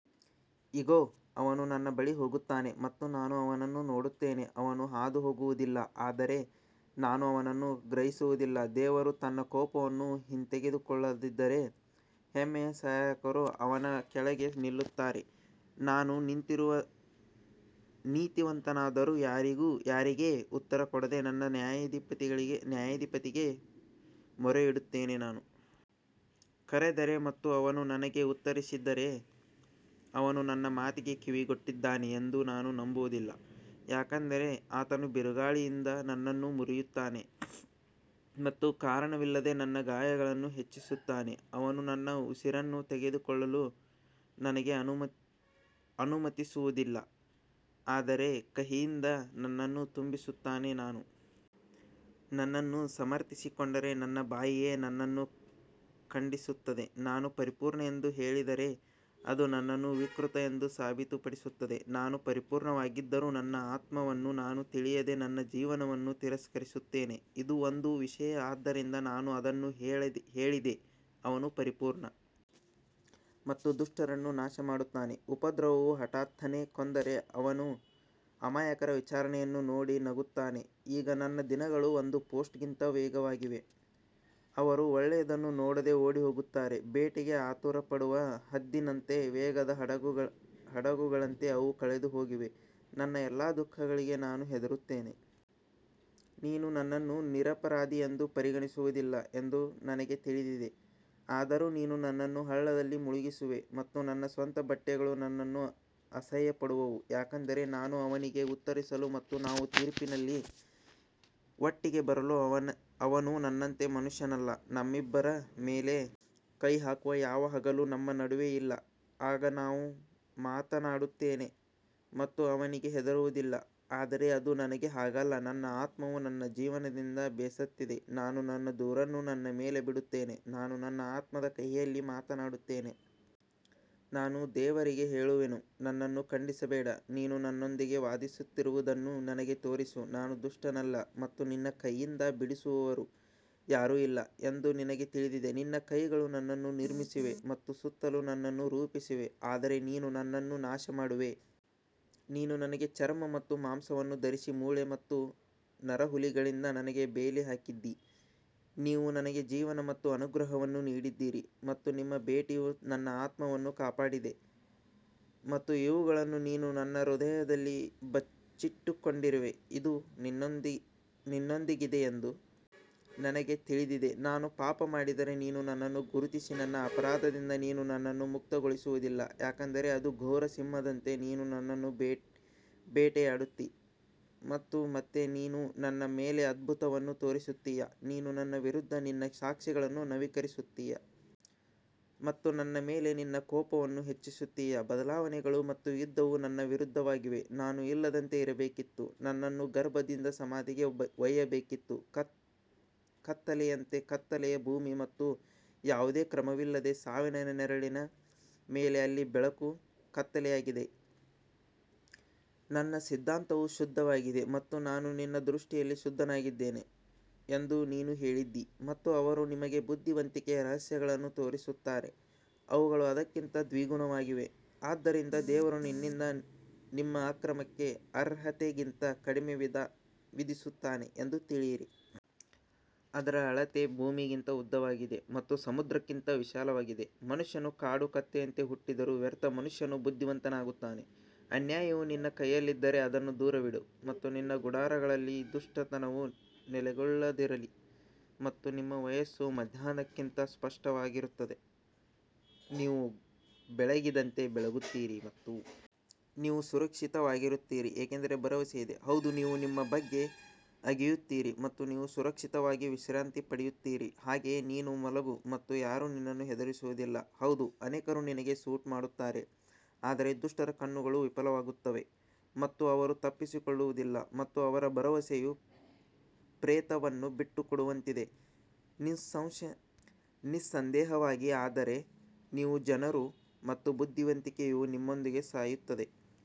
ಇಗೋ ಅವನು ನನ್ನ ಬಳಿ ಹೋಗುತ್ತಾನೆ ಮತ್ತು ನಾನು ಅವನನ್ನು ನೋಡುತ್ತೇನೆ ಅವನು ಹಾದುಹೋಗುವುದಿಲ್ಲ ಆದರೆ ನಾನು ಅವನನ್ನು ಗ್ರಹಿಸುವುದಿಲ್ಲ ದೇವರು ತನ್ನ ಕೋಪವನ್ನು ಹಿಂತೆಗೆದುಕೊಳ್ಳದಿದ್ದರೆ, ಹೆಮ್ಮೆಯ ಸಹಾಯಕರು ಅವನ ಕೆಳಗೆ ನಿಲ್ಲುತ್ತಾರೆ ನಾನು ನೀತಿವಂತನಾದರೂ ಯಾರಿಗೆ ಉತ್ತರ ಕೊಡದೆ ನನ್ನ ನ್ಯಾಯಾಧಿಪತಿಗೆ ಮೊರೆಯಿಡುತ್ತೇನೆ ನಾನು ಕರೆದರೆ ಮತ್ತು ಅವನು ನನಗೆ ಉತ್ತರಿಸಿದ್ದರೆ ಅವನು ನನ್ನ ಮಾತಿಗೆ ಕಿವಿಗೊಟ್ಟಿದ್ದಾನೆ ಎಂದು ನಾನು ನಂಬುವುದಿಲ್ಲ ಯಾಕಂದರೆ ಆತನು ಬಿರುಗಾಳಿಯಿಂದ ನನ್ನನ್ನು ಮುರಿಯುತ್ತಾನೆ ಮತ್ತು ಕಾರಣವಿಲ್ಲದೆ ನನ್ನ ಗಾಯಗಳನ್ನು ಹೆಚ್ಚಿಸುತ್ತಾನೆ ಅವನು ನನ್ನ ಉಸಿರನ್ನು ತೆಗೆದುಕೊಳ್ಳಲು ನನಗೆ ಅನುಮತಿಸುವುದಿಲ್ಲ ಆದರೆ ಕಹಿಯಿಂದ ನನ್ನನ್ನು ತುಂಬಿಸುತ್ತಾನೆ ನಾನು ನನ್ನನ್ನು ಸಮರ್ಥಿಸಿಕೊಂಡರೆ ನನ್ನ ಬಾಯಿಯೇ ನನ್ನನ್ನು ಖಂಡಿಸುತ್ತದೆ, ನಾನು ಪರಿಪೂರ್ಣ ಎಂದು ಹೇಳಿದರೆ ಅದು ನನ್ನನ್ನು ವಿಕೃತ ಎಂದು ಸಾಬೀತುಪಡಿಸುತ್ತದೆ ನಾನು ಪರಿಪೂರ್ಣವಾಗಿದ್ದರೂ ನನ್ನ ಆತ್ಮವನ್ನು ನಾನು ತಿಳಿಯದೆ ನನ್ನ ಜೀವನವನ್ನು ತಿರಸ್ಕರಿಸುತ್ತೇನೆ ಇದು ಒಂದು ವಿಷಯ ಆದ್ದರಿಂದ ನಾನು ಅದನ್ನು ಹೇಳಿದೆ ಅವನು ಪರಿಪೂರ್ಣ ಮತ್ತು ದುಷ್ಟರನ್ನು ನಾಶಮಾಡುತ್ತಾನೆ ಉಪದ್ರವವು ಹಠಾತ್ತನೆ ಕೊಂದರೆ ಅವನು ಅಮಾಯಕರ ವಿಚಾರಣೆಯನ್ನು ನೋಡಿ ನಗುತ್ತಾನೆ ಈಗ ನನ್ನ ದಿನಗಳು ಒಂದು ಪೋಸ್ಟ್ಗಿಂತ ವೇಗವಾಗಿವೆ, ಅವರು ಒಳ್ಳೆಯದನ್ನು ನೋಡದೆ ಓಡಿಹೋಗುತ್ತಾರೆ ಬೇಟೆಗೆ ಆತುರಪಡುವ ಹದ್ದಿನಂತೆ ವೇಗದ ಹಡಗುಗಳಂತೆ ಅವು ಕಳೆದುಹೋಗಿವೆ ನನ್ನ ಎಲ್ಲಾ ದುಃಖಗಳಿಗೆ ನಾನು ಹೆದರುತ್ತೇನೆ, ನೀನು ನನ್ನನ್ನು ನಿರಪರಾಧಿ ಎಂದು ಪರಿಗಣಿಸುವುದಿಲ್ಲ ಎಂದು ನನಗೆ ತಿಳಿದಿದೆ ಆದರೂ ನೀನು ನನ್ನನ್ನು ಹಳ್ಳದಲ್ಲಿ ಮುಳುಗಿಸುವೆ ಮತ್ತು ನನ್ನ ಸ್ವಂತ ಬಟ್ಟೆಗಳು ನನ್ನನ್ನು ಅಸಹ್ಯಪಡುವವು ಯಾಕಂದರೆ ನಾನು ಅವನಿಗೆ ಉತ್ತರಿಸಲು ಮತ್ತು ನಾವು ತೀರ್ಪಿನಲ್ಲಿ ಒಟ್ಟಿಗೆ ಬರಲು ಅವನು ನನ್ನಂತೆ ಮನುಷ್ಯನಲ್ಲ ನಮ್ಮಿಬ್ಬರ ಮೇಲೆ ಕೈ ಹಾಕುವ ಯಾವ ಹಗಲೂ ನಮ್ಮ ನಡುವೆ ಇಲ್ಲ ಆಗ ನಾನು ಮಾತನಾಡುತ್ತೇನೆ ಮತ್ತು ಅವನಿಗೆ ಹೆದರುವುದಿಲ್ಲ ಆದರೆ ಅದು ನನಗೆ ಹಾಗಲ್ಲ ನನ್ನ ಆತ್ಮವು ನನ್ನ ಜೀವನದಿಂದ ಬೇಸತ್ತಿದೆ ನಾನು ನನ್ನ ದೂರನ್ನು ನನ್ನ ಮೇಲೆ ಬಿಡುತ್ತೇನೆ ನಾನು ನನ್ನ ಆತ್ಮದ ಕಹಿಯಲ್ಲಿ ಮಾತನಾಡುತ್ತೇನೆ ನಾನು ದೇವರಿಗೆ ಹೇಳುವೆನು ನನ್ನನ್ನು ಖಂಡಿಸಬೇಡ, ನೀನು ನನ್ನೊಂದಿಗೆ ವಾದಿಸುತ್ತಿರುವುದನ್ನು ನನಗೆ ತೋರಿಸು ನಾನು ದುಷ್ಟನಲ್ಲ ಮತ್ತು ನಿನ್ನ ಕೈಯಿಂದ ಬಿಡಿಸುವವರು ಯಾರೂ ಇಲ್ಲ ಎಂದು ನಿನಗೆ ತಿಳಿದಿದೆ ನಿನ್ನ ಕೈಗಳು ನನ್ನನ್ನು ನಿರ್ಮಿಸಿವೆ ಮತ್ತು ಸುತ್ತಲೂ ನನ್ನನ್ನು ರೂಪಿಸಿವೆ ಆದರೆ ನೀನು ನನ್ನನ್ನು ನಾಶಮಾಡುವೆ ನೀನು ನನಗೆ ಚರ್ಮ ಮತ್ತು ಮಾಂಸವನ್ನು ಧರಿಸಿ ಮೂಳೆ ಮತ್ತು ನರಹುಲಿಗಳಿಂದ ನನಗೆ ಬೇಲಿ ಹಾಕಿದ್ದೀ ನೀವು ನನಗೆ ಜೀವನ ಮತ್ತು ಅನುಗ್ರಹವನ್ನು ನೀಡಿದ್ದೀರಿ ಮತ್ತು ನಿಮ್ಮ ಭೇಟಿಯು ನನ್ನ ಆತ್ಮವನ್ನು ಕಾಪಾಡಿದೆ ಮತ್ತು ಇವುಗಳನ್ನು ನೀನು ನಿನ್ನ ಹೃದಯದಲ್ಲಿ ಬಚ್ಚಿಟ್ಟುಕೊಂಡಿರುವೆ, ಇದು ನಿನ್ನೊಂದಿಗಿದೆ ಎಂದು ನನಗೆ ತಿಳಿದಿದೆ ನಾನು ಪಾಪ ಮಾಡಿದರೆ ನೀನು ನನ್ನನ್ನು ಗುರುತಿಸಿ ನನ್ನ ಅಪರಾಧದಿಂದ ನೀನು ನನ್ನನ್ನು ಮುಕ್ತಗೊಳಿಸುವುದಿಲ್ಲ ಯಾಕಂದರೆ ಅದು ಘೋರ ಸಿಂಹದಂತೆ ನೀನು ನನ್ನನ್ನು ಬೇಟೆಯಾಡುತ್ತೀ ಮತ್ತು ಮತ್ತೆ ನೀನು ನನ್ನ ಮೇಲೆ ಅದ್ಭುತವನ್ನು ತೋರಿಸುತ್ತೀಯಾ ನೀನು ನನ್ನ ವಿರುದ್ಧ ನಿನ್ನ ಸಾಕ್ಷಿಗಳನ್ನು ನವೀಕರಿಸುತ್ತೀಯ ಮತ್ತು ನನ್ನ ಮೇಲೆ ನಿನ್ನ ಕೋಪವನ್ನು ಹೆಚ್ಚಿಸುತ್ತೀಯ ಬದಲಾವಣೆಗಳು ಮತ್ತು ಯುದ್ಧವು ನನ್ನ ವಿರುದ್ಧವಾಗಿದೆ ನಾನು ಇಲ್ಲದಂತೆ ಇರಬೇಕಿತ್ತು ನನ್ನನ್ನು ಗರ್ಭದಿಂದ ಸಮಾಧಿಗೆ ಒಯ್ಯಬೇಕಿತ್ತು ಕತ್ತಲೆಯಂತೆ ಕತ್ತಲೆಯ ಭೂಮಿ ಮತ್ತು ಯಾವುದೇ ಕ್ರಮವಿಲ್ಲದೆ ಸಾವಿನ ನೆರಳಿನ ಮತ್ತು ಅಲ್ಲಿ ಬೆಳಕು ಕತ್ತಲೆಯಾಗಿದೆ ನನ್ನ ಸಿದ್ಧಾಂತವು ಶುದ್ಧವಾಗಿದೆ ಮತ್ತು ನಾನು ನಿನ್ನ ದೃಷ್ಟಿಯಲ್ಲಿ ಶುದ್ಧನಾಗಿದ್ದೇನೆ ಎಂದು ನೀನು ಹೇಳಿದ್ದೀ ಮತ್ತು ಅವರು ನಿಮಗೆ ಬುದ್ಧಿವಂತಿಕೆಯ ರಹಸ್ಯಗಳನ್ನು ತೋರಿಸುತ್ತಾರೆ, ಅವುಗಳು ಅದಕ್ಕಿಂತ ದ್ವಿಗುಣವಾಗಿವೆ, ಆದ್ದರಿಂದ ದೇವರು ನಿನ್ನಿಂದ ನಿಮ್ಮ ಅಕ್ರಮಕ್ಕೆ ಅರ್ಹತೆಗಿಂತ ಕಡಿಮೆ ವಿಧಿಸುತ್ತಾನೆ ಎಂದು ತಿಳಿಯಿರಿ. ಅದರ ಅಳತೆ ಭೂಮಿಗಿಂತ ಉದ್ದವಾಗಿದೆ ಮತ್ತು ಸಮುದ್ರಕ್ಕಿಂತ ವಿಶಾಲವಾಗಿದೆ ಮನುಷ್ಯನು ಕಾಡು ಕತ್ತೆಯಂತೆ ಹುಟ್ಟಿದರೂ ವ್ಯರ್ಥ ಮನುಷ್ಯನು ಬುದ್ಧಿವಂತನಾಗುತ್ತಾನೆ ಅನ್ಯಾಯವು ನಿನ್ನ ಕೈಯಲ್ಲಿದ್ದರೆ ಅದನ್ನು ದೂರವಿಡು ಮತ್ತು ನಿನ್ನ ಗುಡಾರಗಳಲ್ಲಿ ದುಷ್ಟತನವು ನೆಲೆಗೊಳ್ಳದಿರಲಿ ಮತ್ತು ನಿಮ್ಮ ವಯಸ್ಸು ಮಧ್ಯಾಹ್ನಕ್ಕಿಂತ ಸ್ಪಷ್ಟವಾಗಿರುತ್ತದೆ, ನೀವು ಬೆಳಗಿದಂತೆ ಬೆಳಗುತ್ತೀರಿ ಮತ್ತು ನೀವು ಸುರಕ್ಷಿತವಾಗಿರುತ್ತೀರಿ ಏಕೆಂದರೆ ಭರವಸೆ ಇದೆ, ಹೌದು ನೀವು ನಿಮ್ಮ ಬಗ್ಗೆ ಅಗೆಯುತ್ತೀರಿ ಮತ್ತು ನೀವು ಸುರಕ್ಷಿತವಾಗಿ ವಿಶ್ರಾಂತಿ ಪಡೆಯುತ್ತೀರಿ ಹಾಗೆಯೇ ನೀನು ಮಲಗು ಮತ್ತು ಯಾರೂ ನಿನ್ನನ್ನು ಹೆದರಿಸುವುದಿಲ್ಲ, ಹೌದು ಅನೇಕರು ನಿನಗೆ ಸೂಟ್ ಮಾಡುತ್ತಾರೆ ಆದರೆ ದುಷ್ಟರ ಕಣ್ಣುಗಳು ವಿಫಲವಾಗುತ್ತವೆ ಮತ್ತು ಅವರು ತಪ್ಪಿಸಿಕೊಳ್ಳುವುದಿಲ್ಲ ಮತ್ತು ಅವರ ಭರವಸೆಯು ಪ್ರೇತವನ್ನು ಬಿಟ್ಟುಕೊಡುವಂತಿದೆ ನಿಸ್ಸಂದೇಹವಾಗಿ ಆದರೆ ನೀವು ಜನರು ಮತ್ತು ಬುದ್ಧಿವಂತಿಕೆಯು ನಿಮ್ಮೊಂದಿಗೆ ಸಾಯುತ್ತದೆ.